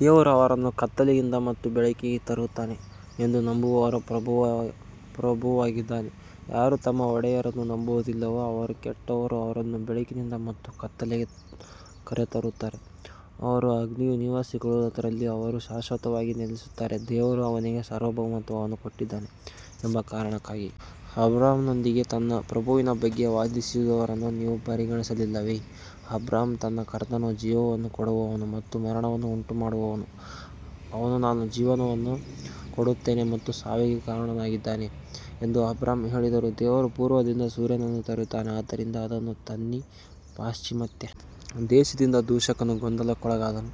ದೇವರು ಅವರನ್ನು ಕತ್ತಲೆಯಿಂದ ಮತ್ತು ಬೆಳಕಿಗೆ ತರುತ್ತಾನೆ ಎಂದು ನಂಬುವವರ ಪ್ರಭುವಾಗಿದ್ದಾನೆ, ಯಾರು ತಮ್ಮ ಒಡೆಯರನ್ನು ನಂಬುವುದಿಲ್ಲವೋ ಅವರು ಕೆಟ್ಟವರು ಅವರನ್ನು ಬೆಳಕಿನಿಂದ ಮತ್ತು ಕತ್ತಲೆಗೆ ಕರೆತರುತ್ತಾರೆ, ಇವರು ಅಗ್ನಿಯ ನಿವಾಸಿಗಳು, ಅದರಲ್ಲಿ ಅವರು ಶಾಶ್ವತವಾಗಿ ನೆಲೆಸುತ್ತಾರೆ. ದೇವರು ಅವನಿಗೆ ಸಾರ್ವಭೌಮತ್ವವನ್ನು ಕೊಟ್ಟಿದ್ದಾನೆ ಎಂಬ ಕಾರಣಕ್ಕಾಗಿ ಅಬ್ರಹಾಂನೊಂದಿಗೆ ತನ್ನ ಪ್ರಭುವಿನ ಬಗ್ಗೆ ವಾದಿಸಿದವರನ್ನು ನೀವು ಪರಿಗಣಿಸಲಿಲ್ಲವೇ, ಅಬ್ರಹಾಂ ನನ್ನ ಕರ್ತನು ಜೀವವನ್ನು ಕೊಡುವವನು ಮತ್ತು ಮರಣವನ್ನು ಉಂಟುಮಾಡುವವನು ಅವನು ನಾನು ಜೀವವನ್ನು ಕೊಡುತ್ತೇನೆ ಮತ್ತು ಸಾವಿಗೆ ಕಾರಣನಾಗಿದ್ದಾನೆ ಎಂದು ಅಬ್ರಹಾಂ ಹೇಳಿದರು ದೇವರು ಪೂರ್ವದಿಂದ ಸೂರ್ಯನನ್ನು ತರುತ್ತಾನೆ ಆದ್ದರಿಂದ ಅದನ್ನು ತನ್ನಿ ಪಾಶ್ಚಿಮಾತ್ಯ ದೇಶದಿಂದ ದೂಷಕನು ಗೊಂದಲಕ್ಕೊಳಗಾದನು,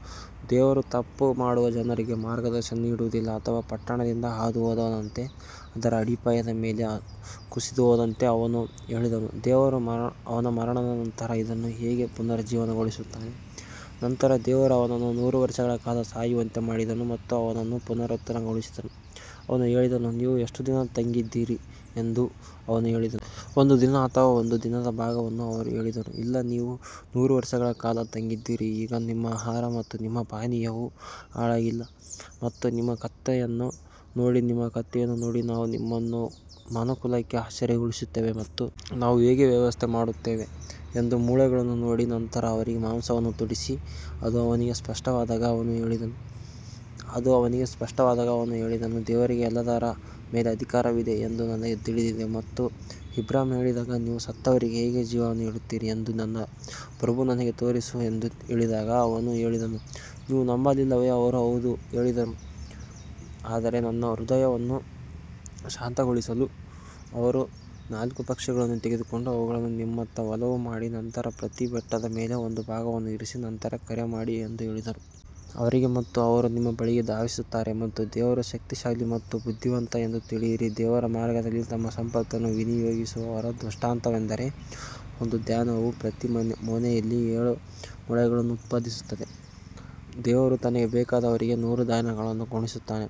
ದೇವರು ತಪ್ಪು ಮಾಡುವ ಜನರಿಗೆ ಮಾರ್ಗದರ್ಶನ ನೀಡುವುದಿಲ್ಲ ಅಥವಾ ಪಟ್ಟಣದಿಂದ ಹಾದುಹೋದವನಂತೆ ಅದರ ಅಡಿಪಾಯದ ಮೇಲೆ ಕುಸಿದುಹೋದಂತೆ ಅವನು ಹೇಳಿದನು, ದೇವರು ಅವನ ಮರಣದ ನಂತರ ಇದನ್ನು ಹೇಗೆ ಪುನರುಜ್ಜೀವನಗೊಳಿಸುತ್ತಾನೆ ನಂತರ ದೇವರು ಅವನನ್ನು ನೂರು ವರ್ಷಗಳ ಕಾಲ ಸಾಯುವಂತೆ ಮಾಡಿದನು ಮತ್ತು ಅವನನ್ನು ಪುನರುತ್ಥಾನಗೊಳಿಸಿದನು ಅವನು ಹೇಳಿದನು, ನೀವು ಎಷ್ಟು ದಿನ ತಂಗಿದ್ದೀರಿ ಎಂದು ಅವನು ಹೇಳಿದನು. ಒಂದು ದಿನ ಅಥವಾ ಒಂದು ದಿನದ ಭಾಗವನ್ನು ಅವರು ಹೇಳಿದರು ಇಲ್ಲ ನೀವು ನೂರು ವರ್ಷಗಳ ಕಾಲ ತಂಗಿದ್ದೀರಿ ಈಗ ನಿಮ್ಮ ಆಹಾರ ಮತ್ತು ನಿಮ್ಮ ಪಾನೀಯವು ಹಾಳಾಗಿಲ್ಲ ಮತ್ತು ನಿಮ್ಮ ಕತ್ತೆಯನ್ನು ನೋಡಿ ನಿಮ್ಮ ಕತ್ತೆಯನ್ನು ನೋಡಿ ನಾವು ನಿಮ್ಮನ್ನು ಮನುಕುಲಕ್ಕೆ ಆಶ್ಚರ್ಯಗೊಳಿಸುತ್ತೇವೆ ಮತ್ತು ನಾವು ಹೇಗೆ ವ್ಯವಸ್ಥೆ ಮಾಡುತ್ತೇವೆ ಎಂದು ಮೂಳೆಗಳನ್ನು ನೋಡಿ ನಂತರ ಅವರಿಗೆ ಮಾಂಸವನ್ನು ತೊಡಿಸಿ, ಅದು ಅವನಿಗೆ ಸ್ಪಷ್ಟವಾದಾಗ ಅವನು ಹೇಳಿದನು, ದೇವರಿಗೆ ಎಲ್ಲದರ ಮೇಲೆ ಅಧಿಕಾರವಿದೆ ಎಂದು ನನಗೆ ತಿಳಿದಿದೆ ಮತ್ತು ಅಬ್ರಹಾಂ ಹೇಳಿದಾಗ ನೀವು ಸತ್ತವರಿಗೆ ಹೇಗೆ ಜೀವ ನೀಡುತ್ತೀರಿ ಎಂದು ನನ್ನ ಪ್ರಭು ನನಗೆ ತೋರಿಸು ಎಂದು ಹೇಳಿದಾಗ ಅವನು ಹೇಳಿದನು ನೀವು ನಂಬಲಿಲ್ಲವೇ ಅವರು ಹೌದು ಎಂದು ಹೇಳಿದರು ಆದರೆ ನನ್ನ ಹೃದಯವನ್ನು ಶಾಂತಗೊಳಿಸಲು ಅವರು ನಾಲ್ಕು ಪಕ್ಷಿಗಳನ್ನು ತೆಗೆದುಕೊಂಡು ಅವುಗಳನ್ನು ನಿಮ್ಮತ್ತ ಒಲವು ಮಾಡಿ ನಂತರ ಪ್ರತಿ ಬೆಟ್ಟದ ಮೇಲೆ ಒಂದು ಭಾಗವನ್ನು ಇರಿಸಿ ನಂತರ ಕರೆ ಮಾಡಿ ಎಂದು ಹೇಳಿದರು. ಅವರಿಗೆ ಮತ್ತು ಅವರು ನಿಮ್ಮ ಬಳಿಗೆ ಧಾವಿಸುತ್ತಾರೆ ಮತ್ತು ದೇವರು ಶಕ್ತಿಶಾಲಿ ಮತ್ತು ಬುದ್ಧಿವಂತ ಎಂದು ತಿಳಿಯಿರಿ ದೇವರ ಮಾರ್ಗದಲ್ಲಿ ತಮ್ಮ ಸಂಪತ್ತನ್ನು ವಿನಿಯೋಗಿಸುವವರ ದೃಷ್ಟಾಂತವೆಂದರೆ, ಒಂದು ಧಾನ್ಯವು ಪ್ರತಿ ಮೊನೆಯಲ್ಲಿ ಏಳು ಮೊಳೆಗಳನ್ನು ಉತ್ಪಾದಿಸುತ್ತದೆ, ದೇವರು ತನಗೆ ಬೇಕಾದವರಿಗೆ ನೂರು ಧಾನ್ಯಗಳನ್ನು ಗುಣಿಸುತ್ತಾನೆ.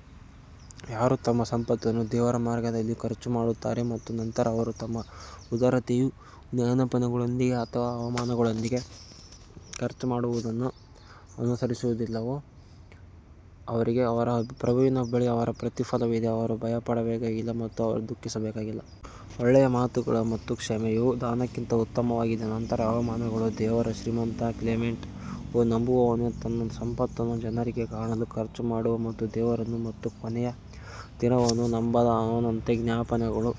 ಯಾರು ತಮ್ಮ ಸಂಪತ್ತನ್ನು ದೇವರ ಮಾರ್ಗದಲ್ಲಿ ಖರ್ಚು ಮಾಡುತ್ತಾರೆ ಮತ್ತು ನಂತರ ಅವರು ತಮ್ಮ ಉದಾರತೆಯ ಜ್ಞಾಪನೆಗಳೊಂದಿಗೆ ಅಥವಾ ಅವಮಾನಗಳೊಂದಿಗೆ ಖರ್ಚು ಮಾಡುವುದನ್ನು ಅನುಸರಿಸುವುದಿಲ್ಲವೋ ಅವರಿಗೆ ಅವರ ಪ್ರಭುವಿನ ಬಳಿ ಅವರ ಪ್ರತಿಫಲವಿದೆ, ಅವರು ಭಯಪಡಬೇಕಾಗಿಲ್ಲ ಮತ್ತು ಅವರು ದುಃಖಿಸಬೇಕಾಗಿಲ್ಲ. ಒಳ್ಳೆಯ ಮಾತುಗಳು ಮತ್ತು ಕ್ಷಮೆಯು ದಾನಕ್ಕಿಂತ ಉತ್ತಮವಾಗಿದೆ ನಂತರ ಅವಮಾನಗಳು ದೇವರು ಶ್ರೀಮಂತ ಮತ್ತು ಕ್ಲೆಮೆಂಟ್ ಓ ನಂಬುವವನೇ, ತನ್ನ ಸಂಪತ್ತನ್ನು ಜನರಿಗೆ ಕಾಣಲು ಖರ್ಚು ಮಾಡುವ ಮತ್ತು ದೇವರನ್ನು ಮತ್ತು ಕೊನೆಯ ದಿನವನ್ನು ನಂಬದ ಅವನಂತೆ ಜ್ಞಾಪನೆಗಳು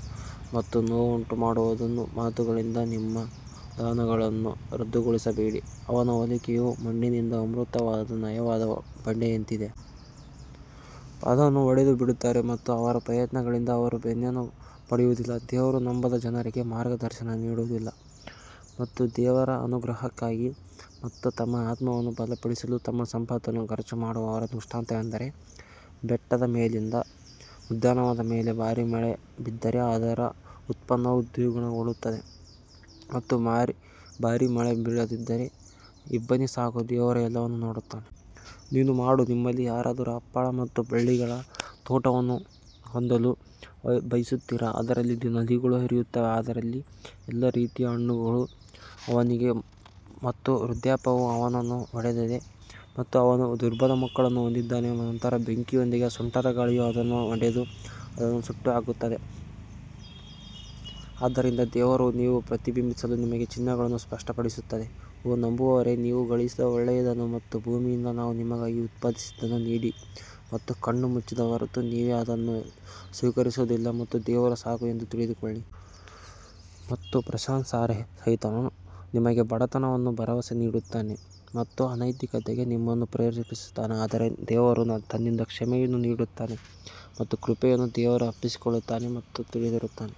ಮತ್ತು ನೋವುಂಟುಮಾಡುವ ಮಾತುಗಳಿಂದ ನಿಮ್ಮ ದಾನಗಳನ್ನು ರದ್ದುಗೊಳಿಸಬೇಡಿ, ಅವನ ಹೋಲಿಕೆಯು ಮಣ್ಣಿನಿಂದ ಆವೃತವಾದ ನಯವಾದ ಬಂಡೆಯಂತಿದೆ. ಅದನ್ನು ಹೊಡೆದು ಬಿಡುತ್ತಾರೆ ಮತ್ತು ಅವರ ಪ್ರಯತ್ನಗಳಿಂದ ಅವರು ಏನನ್ನೂ ಪಡೆಯುವುದಿಲ್ಲ, ದೇವರು ನಂಬದ ಜನರಿಗೆ ಮಾರ್ಗದರ್ಶನ ನೀಡುವುದಿಲ್ಲ ಮತ್ತು ದೇವರ ಅನುಗ್ರಹಕ್ಕಾಗಿ ಮತ್ತು ತಮ್ಮ ಆತ್ಮವನ್ನು ಬಲಪಡಿಸಲು ತಮ್ಮ ಸಂಪತ್ತನ್ನು ಖರ್ಚು ಮಾಡುವವರ ದೃಷ್ಟಾಂತವೆಂದರೆ ಬೆಟ್ಟದ ಮೇಲಿನ ಉದ್ಯಾನವನದ ಮೇಲೆ ಭಾರಿ ಮಳೆ ಬಿದ್ದರೆ ಅದರ ಉತ್ಪನ್ನವು ದ್ವಿಗುಣಗೊಳ್ಳುತ್ತದೆ ಮತ್ತು ಭಾರೀ ಮಳೆ ಬೀಳದಿದ್ದರೆ ಇಬ್ಬನಿ ಸಾಕು ದೇವರು ಎಲ್ಲವನ್ನೂ ನೋಡುತ್ತಾನೆ. ನೀನು ಮಾಡು ನಿಮ್ಮಲ್ಲಿ ಯಾರಾದರೂ ಹಪ್ಪಳ ಮತ್ತು ಬಳ್ಳಿಗಳ ತೋಟವನ್ನು ಹೊಂದಲು ಬಯಸುತ್ತೀರಾ, ಅದರಲ್ಲಿ ನದಿಗಳು ಹರಿಯುತ್ತವೆ ಅದರಲ್ಲಿ ಎಲ್ಲಾ ರೀತಿಯ ಹಣ್ಣುಗಳು ಅವನಿಗೆ ಮತ್ತು ವೃದ್ಧಾಪ್ಯವು ಅವನನ್ನು ಹೊಡೆದಿದೆ ಮತ್ತು ಅವನು ದುರ್ಬಲ ಮಕ್ಕಳನ್ನು ಹೊಂದಿದ್ದಾನೆ ನಂತರ ಬೆಂಕಿಯೊಂದಿಗೆ ಸುಂಟರಗಾಳಿಯು ಅದನ್ನು ಹೊಡೆದು ಅದನ್ನು ಸುಟ್ಟುಹಾಕುತ್ತದೆ ಆದ್ದರಿಂದ ದೇವರು ನೀವು ಪ್ರತಿಬಿಂಬಿಸಲು ನಿಮಗೆ ಚಿಹ್ನೆಗಳನ್ನು ಸ್ಪಷ್ಟಪಡಿಸುತ್ತದೆ ಓ ನಂಬುವವರೇ, ನೀವು ಗಳಿಸಿದ ಒಳ್ಳೆಯದನ್ನು ಮತ್ತು ಭೂಮಿಯಿಂದ ನಾವು ನಿಮಗಾಗಿ ಉತ್ಪಾದಿಸಿದ್ದನ್ನು ನೀಡಿ ಮತ್ತು ಕಣ್ಣು ಮುಚ್ಚಿದ ಹೊರತು ನೀವೇ ಅದನ್ನು ಸ್ವೀಕರಿಸುವುದಿಲ್ಲ ಮತ್ತು ದೇವರು ಸಾಕು ಎಂದು ತಿಳಿದುಕೊಳ್ಳಿ. ಮತ್ತು ಪ್ರಶಂಸಾರ್ಹ ಸೈತಾನನು ನಿಮಗೆ ಬಡತನವನ್ನು ಭರವಸೆ ನೀಡುತ್ತಾನೆ ಮತ್ತು ಅನೈತಿಕತೆಗೆ ನಿಮ್ಮನ್ನು ಪ್ರೇರೇಪಿಸುತ್ತಾನೆ ಆದರೆ ದೇವರು ತನ್ನಿಂದ ಕ್ಷಮೆಯನ್ನು ನೀಡುತ್ತಾನೆ ಮತ್ತು ಕೃಪೆಯನ್ನು ದೇವರು ಅಪ್ಪಿಕೊಳ್ಳುತ್ತಾನೆ ಮತ್ತು ತಿಳಿದಿರುತ್ತಾನೆ.